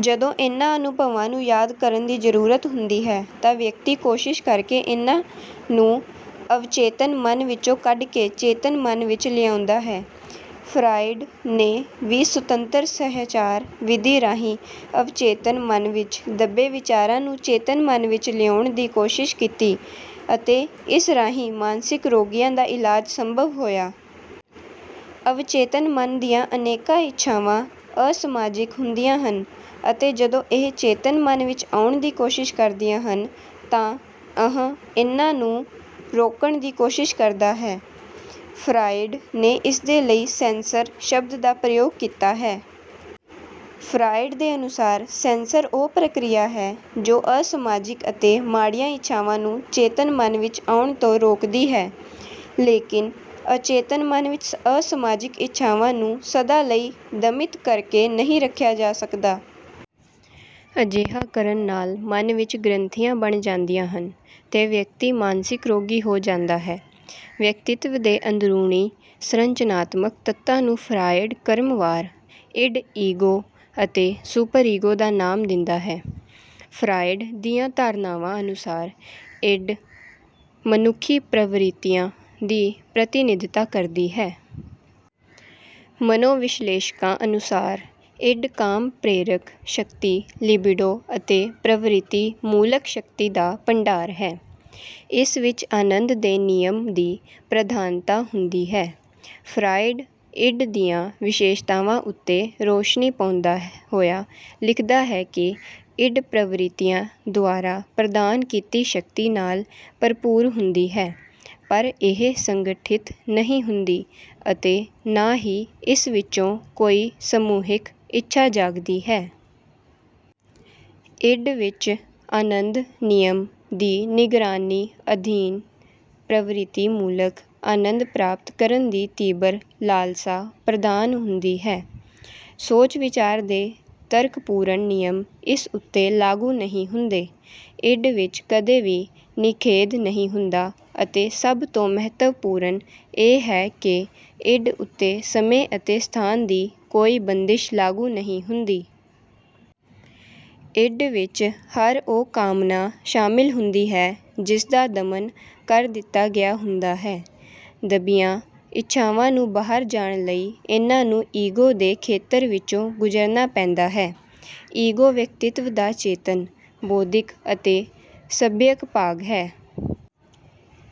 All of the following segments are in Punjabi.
ਜਦੋਂ ਇਨ੍ਹਾਂ ਅਨੁਭਵਾਂ ਨੂੰ ਯਾਦ ਕਰਨ ਦੀ ਜ਼ਰੂਰਤ ਹੁੰਦੀ ਹੈ ਤਾਂ ਵਿਅਕਤੀ ਕੋਸ਼ਿਸ਼ ਕਰਕੇ ਇਨ੍ਹਾਂ ਨੂੰ ਅਵਚੇਤਨ ਮਨ ਵਿੱਚੋਂ ਕੱਢ ਕੇ ਚੇਤਨ ਮਨ ਵਿੱਚ ਲਿਆਉਂਦਾ ਹੈ। ਫਰਾਇਡ ਨੇ ਵੀ ਸੁਤੰਤਰ-ਸਹਿਚਾਰ ਵਿਧੀ ਰਾਹੀਂ ਅਵਚੇਤਨ ਮਨ ਵਿੱਚ ਦੱਬੇ ਵਿਚਾਰਾਂ ਨੂੰ ਚੇਤਨ ਮਨ ਵਿੱਚ ਲਿਆਉਣ ਦੀ ਕੋਸ਼ਿਸ਼ ਕੀਤੀ ਅਤੇ ਇਸ ਰਾਹੀਂ ਮਾਨਸਿਕ ਰੋਗੀਆਂ ਦਾ ਇਲਾਜ ਸੰਭਵ ਹੋਇਆ। ਅਵਚੇਤਨ ਮਨ ਦੀਆਂ ਅਨੇਕਾਂ ਇੱਛਾਵਾਂ ਅਸਮਾਜਿਕ ਹੁੰਦੀਆਂ ਹਨ ਅਤੇ ਜਦੋਂ ਇਹ ਚੇਤਨ ਮਨ ਵਿੱਚ ਆਉਣ ਦੀ ਕੋਸ਼ਿਸ਼ ਕਰਦੀਆਂ ਹਨ ਤਾਂ 'ਅਹੰ' ਇਨ੍ਹਾਂ ਨੂੰ ਰੋਕਣ ਦੀ ਕੋਸ਼ਿਸ਼ ਕਰਦਾ ਹੈ। ਫਰਾਇਡ ਨੇ ਇਸਦੇ ਲਈ 'ਸੈਂਸਰ' ਸ਼ਬਦ ਦਾ ਪ੍ਰਯੋਗ ਕੀਤਾ ਹੈ। ਫਰਾਇਡ ਦੇ ਅਨੁਸਾਰ, "ਸੈਂਸਰ ਉਹ ਪ੍ਰਕਿਰਿਆ ਹੈ ਜੋ ਅਸਮਾਜਿਕ ਅਤੇ ਮਾੜੀਆਂ ਇੱਛਾਵਾਂ ਨੂੰ ਚੇਤਨ ਮਨ ਵਿੱਚ ਆਉਣ ਤੋਂ ਰੋਕਦੀ ਹੈ।" ਲੇਕਿਨ ਅਚੇਤਨ ਮਨ ਵਿੱਚ ਅਸਮਾਜਿਕ ਇੱਛਾਵਾਂ ਨੂੰ ਸਦਾ ਲਈ ਦਮਿਤ ਕਰਕੇ ਨਹੀਂ ਰੱਖਿਆ ਜਾ ਸਕਦਾ। ਅਜਿਹਾ ਕਰਨ ਨਾਲ ਮਨ ਵਿੱਚ ਗ੍ਰੰਥੀਆਂ ਬਣ ਜਾਂਦੀਆਂ ਹਨ ਤੇ ਵਿਅਕਤੀ ਮਾਨਸਿਕ ਰੋਗੀ ਹੋ ਜਾਂਦਾ ਹੈ। ਵਿਅਕਤਿਤ੍ਵ ਦੇ ਅੰਦਰੂਨੀ ਸੰਰਚਨਾਤਮਕ ਤੱਤਾਂ ਨੂੰ ਫਰਾਇਡ ਕ੍ਰਮਵਾਰ 'ਇਡ', 'ਈਗੋ' ਅਤੇ 'ਸੁਪਰ-ਈਗੋ' ਦਾ ਨਾਮ ਦਿੰਦਾ ਹੈ। ਫਰਾਇਡ ਦੀਆਂ ਧਾਰਨਾਵਾਂ ਅਨੁਸਾਰ 'ਇਡ' ਮਨੁੱਖੀ ਪ੍ਰਵਿਰਤੀਆਂ ਦੀ ਪ੍ਰਤੀਨਿਧਤਾ ਕਰਦੀ ਹੈ। ਮਨੋਵਿਸ਼ਲੇਸ਼ਕਾਂ ਅਨੁਸਾਰ 'ਇਡ' ਕਾਮ-ਪ੍ਰੇਰਕ ਸ਼ਕਤੀ 'ਲਿਬਿਡੋ' ਅਤੇ ਪ੍ਰਵਿਰਤੀ-ਮੂਲਕ ਸ਼ਕਤੀ ਦਾ ਭੰਡਾਰ ਹੈ। ਇਸ ਵਿੱਚ ਆਨੰਦ ਦੇ ਨਿਯਮ ਦੀ ਪ੍ਰਧਾਨਤਾ ਹੁੰਦੀ ਹੈ। ਫਰਾਇਡ 'ਇਡ' ਦੀਆਂ ਵਿਸ਼ੇਸ਼ਤਾਵਾਂ ਉੱਤੇ ਰੋਸ਼ਨੀ ਪਾਉਂਦਾ ਹੋਇਆ ਲਿਖਦਾ ਹੈ ਕਿ 'ਇਡ' ਪ੍ਰਵਿਰਤੀਆਂ ਦੁਆਰਾ ਪ੍ਰਦਾਨ ਕੀਤੀ ਸ਼ਕਤੀ ਨਾਲ ਭਰਪੂਰ ਹੁੰਦੀ ਹੈ ਪਰ ਇਹ ਸੰਗਠਿਤ ਨਹੀਂ ਹੁੰਦੀ ਅਤੇ ਨਾ ਹੀ ਇਸ ਵਿੱਚੋਂ ਕੋਈ ਸਮੂਹਿਕ ਇੱਛਾ ਜਾਗਦੀ ਹੈ। 'ਇਡ' ਵਿੱਚ ਆਨੰਦ-ਨਿਯਮ ਦੀ ਨਿਗਰਾਨੀ ਅਧੀਨ ਪ੍ਰਵਿਰਤੀ-ਮੂਲਕ ਆਨੰਦ ਪ੍ਰਾਪਤ ਕਰਨ ਦੀ ਤੀਬਰ ਲਾਲਸਾ ਪ੍ਰਧਾਨ ਹੁੰਦੀ ਹੈ। ਸੋਚ-ਵਿਚਾਰ ਦੇ ਤਰਕਪੂਰਨ ਨਿਯਮ ਇਸ ਉੱਤੇ ਲਾਗੂ ਨਹੀਂ ਹੁੰਦੇ। 'ਇਡ' ਵਿੱਚ ਕਦੇ ਵੀ ਨਿਖੇਧ ਨਹੀਂ ਹੁੰਦਾ ਅਤੇ ਸਭ ਤੋਂ ਮਹੱਤਵਪੂਰਨ ਇਹ ਹੈ ਕਿ 'ਇਡ' ਉੱਤੇ ਸਮੇਂ ਅਤੇ ਸਥਾਨ ਦੀ ਕੋਈ ਬੰਦਿਸ਼ ਲਾਗੂ ਨਹੀਂ ਹੁੰਦੀ। 'ਇਡ' ਵਿੱਚ ਹਰ ਉਹ ਕਾਮਨਾ ਸ਼ਾਮਿਲ ਹੁੰਦੀ ਹੈ ਜਿਸਦਾ ਦਮਨ ਕਰ ਦਿੱਤਾ ਗਿਆ ਹੁੰਦਾ ਹੈ। ਦੱਬੀਆਂ ਇੱਛਾਵਾਂ ਨੂੰ ਬਾਹਰ ਜਾਣ ਲਈ ਇਨ੍ਹਾਂ ਨੂੰ 'ਈਗੋ' ਦੇ ਖੇਤਰ ਵਿੱਚੋਂ ਗੁਜ਼ਰਨਾ ਪੈਂਦਾ ਹੈ। 'ਈਗੋ' ਵਿਅਕਤਿਤ੍ਵ ਦਾ ਚੇਤਨ, ਬੌਧਿਕ ਅਤੇ ਸੱਭਿਅਕ ਭਾਗ ਹੈ।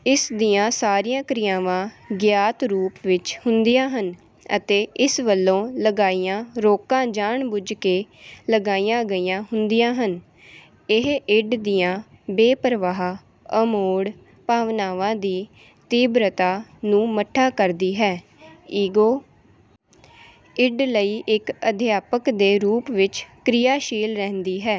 ਇਸ ਦੀਆਂ ਸਾਰੀਆਂ ਕ੍ਰਿਆਵਾਂ ਗਿਆਤ ਰੂਪ ਵਿੱਚ ਹੁੰਦੀਆਂ ਹਨ ਅਤੇ ਇਸ ਵੱਲੋਂ ਲਗਾਈਆਂ ਰੋਕਾਂ ਜਾਣ-ਬੁੱਝ ਕੇ ਲਗਾਈਆਂ ਗਈਆਂ ਹੁੰਦੀਆਂ ਹਨ। ਇਹ 'ਇਡ' ਦੀਆਂ ਬੇਪ੍ਰਵਾਹ, ਅਮੋੜ ਭਾਵਨਾਵਾਂ ਦੀ ਤੀਬਰਤਾ ਨੂੰ ਮੱਠਾ ਕਰਦੀ ਹੈ। 'ਈਗੋ', 'ਇਡ' ਲਈ ਇੱਕ ਅਧਿਆਪਕ ਦੇ ਰੂਪ ਵਿੱਚ ਕ੍ਰਿਆਸ਼ੀਲ ਰਹਿੰਦੀ ਹੈ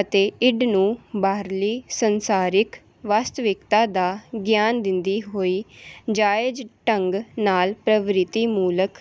ਅਤੇ 'ਇਡ' ਨੂੰ ਬਾਹਰਲੀ ਸੰਸਾਰਿਕ ਵਾਸਤਵਿਕਤਾ ਦਾ ਗਿਆਨ ਦਿੰਦੀ ਹੋਈ ਜ਼ਾਇਜ਼ ਢੰਗ ਨਾਲ ਪ੍ਰਵਿਰਤੀ-ਮੂਲਕ